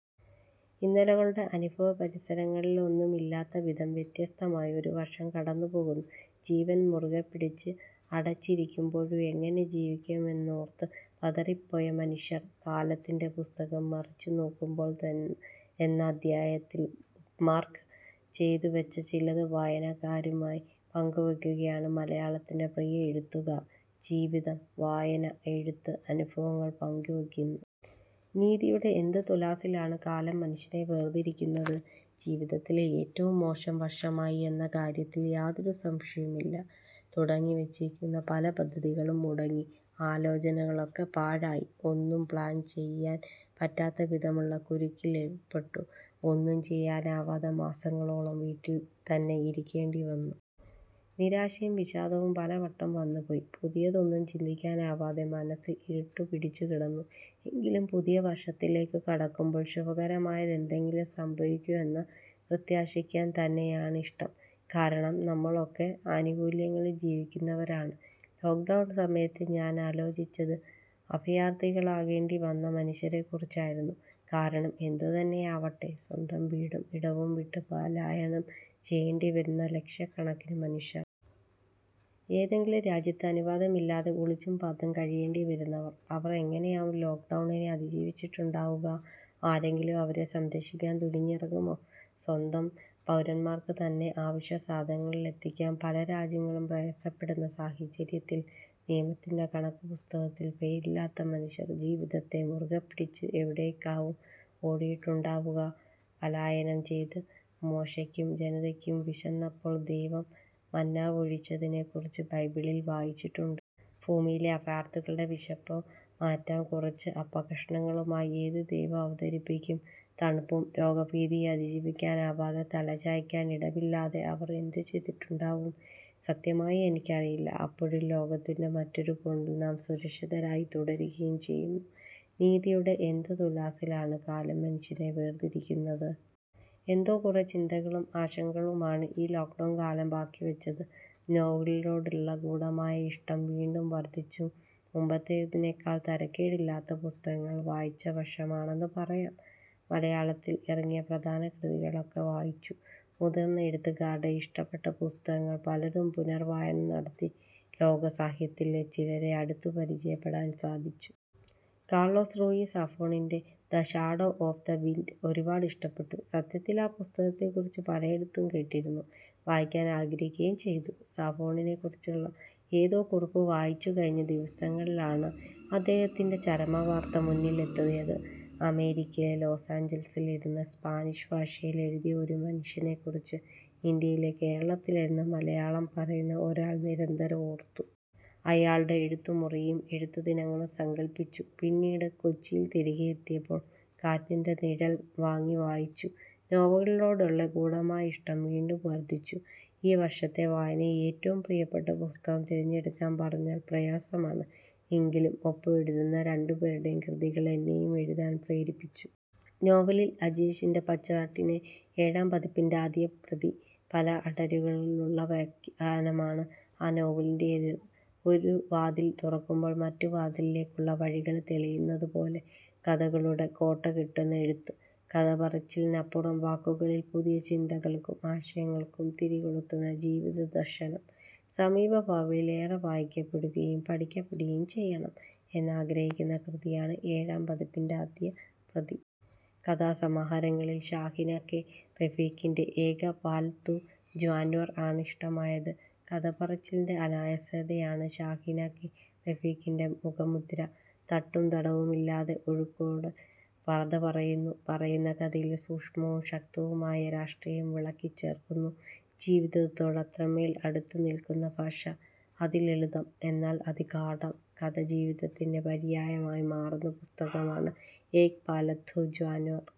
ഇന്നലെകളുടെ അനുഭവപരിസരങ്ങളിലൊന്നുമില്ലാത്ത വിധം വ്യത്യസ്തമായ ഒരു വർഷം കടന്നുപോകുന്നു. ജീവൻ മുറുകെ പിടിച്ച് അടച്ചിരിക്കുമ്പോഴും എങ്ങനെ ജീവിക്കുമെന്നോർത്ത് പതറിപ്പോയ മനുഷ്യർ. കാലത്തിന്റെ പുസ്തകം മറിച്ചുനോക്കുമ്പോൾ തൻ എന്ന അധ്യായത്തിൽ ' ബുക്മാർക്ക് ' ചെയ്തു വച്ച ചിലത് വായനക്കാരുമായി പങ്കുവയ്ക്കുകയാണ് മലയാളത്തിന്റെ പ്രിയ എഴുത്തുകാർ. ജീവിതം, വായന, എഴുത്ത് അനുഭവങ്ങൾ പങ്കുവയ്ക്കുന്നു. നീതിയുടെ എന്ത് തുലാസിലാണ്, കാലം മനുഷ്യനെ വേർതിരിക്കുന്നത്? ജീവിതത്തിലെ ഏറ്റവും മോശം വർഷമായി എന്ന കാര്യത്തിൽ യാതൊരു സംശയവുമില്ല. തുടങ്ങിവച്ചിരുന്ന പല പദ്ധതികളും മുടങ്ങി. ആലോചനകളൊക്കെ പാഴായി. ഒന്നും പ്ലാൻ ചെയ്യാൻ പറ്റാത്തവിധമുള്ള കുരുക്കില്പെട്ടു. ഒന്നും ചെയ്യാനാവാതെ മാസങ്ങളോളം വീട്ടിൽ തന്നെ ഇരിക്കേണ്ടി വന്നു. നിരാശയും വിഷാദവും പലവട്ടം വന്നുപോയി. പുതിയതൊന്നും ചിന്തിക്കാനാവാതെ മനസ്സ് ഇരുട്ടുപിടിച്ചുകിടന്നു. എങ്കിലും പുതിയ വർഷത്തിലേക്കു കടക്കുമ്പോൾ ശുഭകരമായതെന്തെങ്കിലും സംഭവിക്കും എന്നു പ്രത്യാശിക്കാൻ തന്നെയാണിഷ്ടം. കാരണം നമ്മളൊക്കെ ആനുകൂല്യങ്ങളിൽ ജീവിക്കുന്നവരാണ്. ലോക്ഡൗണ് സമയത്ത്, ഞാനാലോചിച്ചത് അഭയാർത്തികളാകേണ്ടി വന്ന മനുഷ്യരെക്കുറിച്ചായിരുന്നു. കാരണം എന്തുതന്നെയാവട്ടെ, സ്വന്തം വീടും ഇടവും വിട്ട് പലായനം ചെയ്യേണ്ടിവരുന്ന ലക്ഷക്കണക്കിനു മനുഷ്യർ. ഏതെങ്കിലും രാജ്യത്ത് അനുവാദമില്ലാതെ, ഒളിച്ചും പാത്തും കഴിയേണ്ടിവരുന്നവർ. അവർ എങ്ങനെയാവും ലോക്ഡൗണിനെ അതിജീവിച്ചിട്ടുണ്ടാവുക? ആരെങ്കിലും അവരെ സംരക്ഷിക്കാൻ തുനിഞ്ഞിറങ്ങുമോ? സ്വന്തം പൗരന്മാർക്കു തന്നെ അവശ്യസാധനങ്ങളിലെത്തിക്കാൻ പല രാജ്യങ്ങളും പ്രയാസപ്പെടുന്ന സാഹചര്യത്തിൽ, നിയമത്തിന്റെ കണക്കുപുസ്തകത്തിൽ പേരില്ലാത്ത മനുഷ്യർ ജീവിതത്തെ മുറുകെപ്പിടിച്ച് എവിടേക്കാവും ഓടിയിട്ടുണ്ടാവുക? പലായനം ചെയ്ത മോശയ്ക്കും ജനതയ്ക്കും വിശന്നപ്പോൾ ദൈവം മന്നാ പൊഴിച്ചതിനെക്കുറിച്ച് ബൈബിളിൽ വായിച്ചിട്ടുണ്ട്. ഭൂമിയിലെ അഭയാർഥികളുടെ വിശപ്പ്‌ മാറ്റാൻ കുറച്ച് അപ്പക്കഷണങ്ങളുമായി ഏതു ദൈവം അവതരിക്കും? തണുപ്പും രോഗഭീതിയും അതിജീവിക്കാനാവാതെ, തലചായ്ക്കാൻ ഇടമില്ലാതെ അവർ എന്തു ചെയ്തിട്ടുണ്ടാകും? സത്യമായും എനിക്കറിയില്ല. അപ്പോഴും ലോകത്തിന്റെ മറ്റൊരു കോണിൽ നാം സുരക്ഷിതരായി തുടരുകയും ചെയ്യുന്നു. നീതിയുടെ എന്ത് തുലാസിലാണ് കാലം മനുഷ്യനെ വേർതിരിക്കുന്നത്? എന്തോ, കുറേ ചിന്തകളും ആശങ്കകളുമാണ് ഈ ലോക്ഡൗൺ കാലം ബാക്കിവച്ചത്. നോവലുകളോടുള്ള ഗൂഢമായ ഇഷ്ടം വീണ്ടും വർധിച്ചു മുമ്പത്തേതിനേക്കാൾ തരക്കേടില്ലാതെ പുസ്തകങ്ങൾ വായിച്ച വർഷമാണെന്നു പറയാം. മലയാളത്തിൽ ഇറങ്ങിയ പ്രധാന കൃതികളൊക്കെ വായിച്ചു. മുതിർന്ന എഴുത്തുകാരുടെ, ഇഷ്ടപ്പെട്ട പുസ്തകങ്ങൾ പലതും പുനർവായന നടത്തി. ലോക സാഹിത്യത്തിലെ ചിലരെ അടുത്തു പരിചയപ്പെടാൻ സാധിച്ചു. കാർലോസ് റൂയി സാഫോണിന്റെ the shadow of the wind ഒരുപാടിഷ്ടപ്പെട്ടു. സത്യത്തിൽ ആ പുസ്തകത്തെക്കുറിച്ച് പലയിടത്തും കേട്ടിരുന്നു. വായിക്കാൻ ആഗ്രഹിക്കുകയും ചെയ്തു. സാഫോണിനെക്കുറിച്ചുള്ള ഏതോ കുറിപ്പ് വായിച്ചു കഴിഞ്ഞ ദിവസങ്ങളിലാണ്, അദ്ദേഹത്തിന്റെ ചരമവാർത്ത മുന്നിലെത്തിയത്. അമേരിക്കയിലെ ലൊസാഞ്ചലസിലിരുന്ന് സ്പാനിഷ് ഭാഷയിൽ എഴുതിയെ ഒരു മനുഷ്യനെക്കുറിച്ച്, ഇന്ത്യയിലെ കേരളത്തിലിരുന്ന് മലയാളം പറയുന്ന ഒരാൾ നിരന്തരം ഓർത്തു. അയാളുടെ എഴുത്തുമുറിയും എഴുത്തുദിനങ്ങളും സങ്കല്പിച്ചു. പിന്നീട്, കൊച്ചിയിൽ തിരികെയെത്തിയപ്പോൾ ' കാറ്റിന്റെ നിഴൽ ' വാങ്ങി, വായിച്ചു. നോവലുകളോടുള്ള ഗൂഢമായ ഇഷ്ടം വീണ്ടും വർധിച്ചു. ഈ വർഷത്തെ വായനയിൽ ഏറ്റവും പ്രിയപ്പെട്ട പുസ്തകങ്ങൾ തിരഞ്ഞെടുക്കാൻ പറഞ്ഞാൽ പ്രയാസമാണ്. എങ്കിലും ഒപ്പം എഴുതുന്ന രണ്ടുപേരുടെ കൃതികൾ എന്നെയും എഴുതാൻ പ്രേരിപ്പിച്ചു. നോവലിൽ അജീശിന്റെ പച്ചാട്ടിന്റെ ഏഴാം പതിപ്പിന്റെ ആദ്യപ്രതി. പല അടരുകളുള്ള ആഖ്യാനമാണ് ആ നോവലിന്റേത്. ഒരു വാതിൽ തുറക്കുമ്പോൾ മറ്റു വാതിലുകളിലേക്കുള്ള വഴികൾ തെളിയുന്നതുപോലെ, കഥകളുടെ കോട്ട കെട്ടുന്ന എഴുത്ത്. കഥപറച്ചിലിനപ്പുറം വാക്കുകളിൽ പുതിയ ചിന്തകൾക്കും ആശയങ്ങൾക്കും തിരികൊളുത്തുന്ന ജീവിതദർശനം. സമീപഭാവിയിൽ ഏറെ വായിക്കപ്പെടുകയും പഠിക്കപ്പെടുകയും ചെയ്യണം എന്നാഗ്രഹിക്കുന്ന കൃതിയാണ് ഏഴാം പതിപ്പിന്റെ ആദ്യപ്രതി. കഥാസമാഹാരങ്ങളിൽ ഷാഹിന കെ. റഫീഖിന്റെ ഏക പാല്തൂ ജാന്വർ ആണ് ഇഷ്ടമായത്. കഥപറച്ചിലിന്റെ അനായാസതയാണ് ഷാഹിന കെ. റഫീഖിന്റെ മുഖമുദ്ര. തട്ടും തടവുമില്ലാതെ, ഒഴുക്കോടെ കഥപറയുന്നു. പറയുന്ന കഥയിൽ സൂക്ഷ്മവും ശക്തവുമായ രാഷ്ട്രീയം വിളക്കിച്ചേർക്കുന്നു. ജീവിതത്തോട് അത്രമേൽ അടുത്തുനിൽക്കുന്ന ഭാഷ. അതിലളിതം, എന്നാൽ അതിഗാഢം. കഥ ജീവിതത്തിന്റെ പര്യായമായി മാറുന്ന പുസ്തകമാണ് ഏക് പാല്തൂ ജാന്വർ.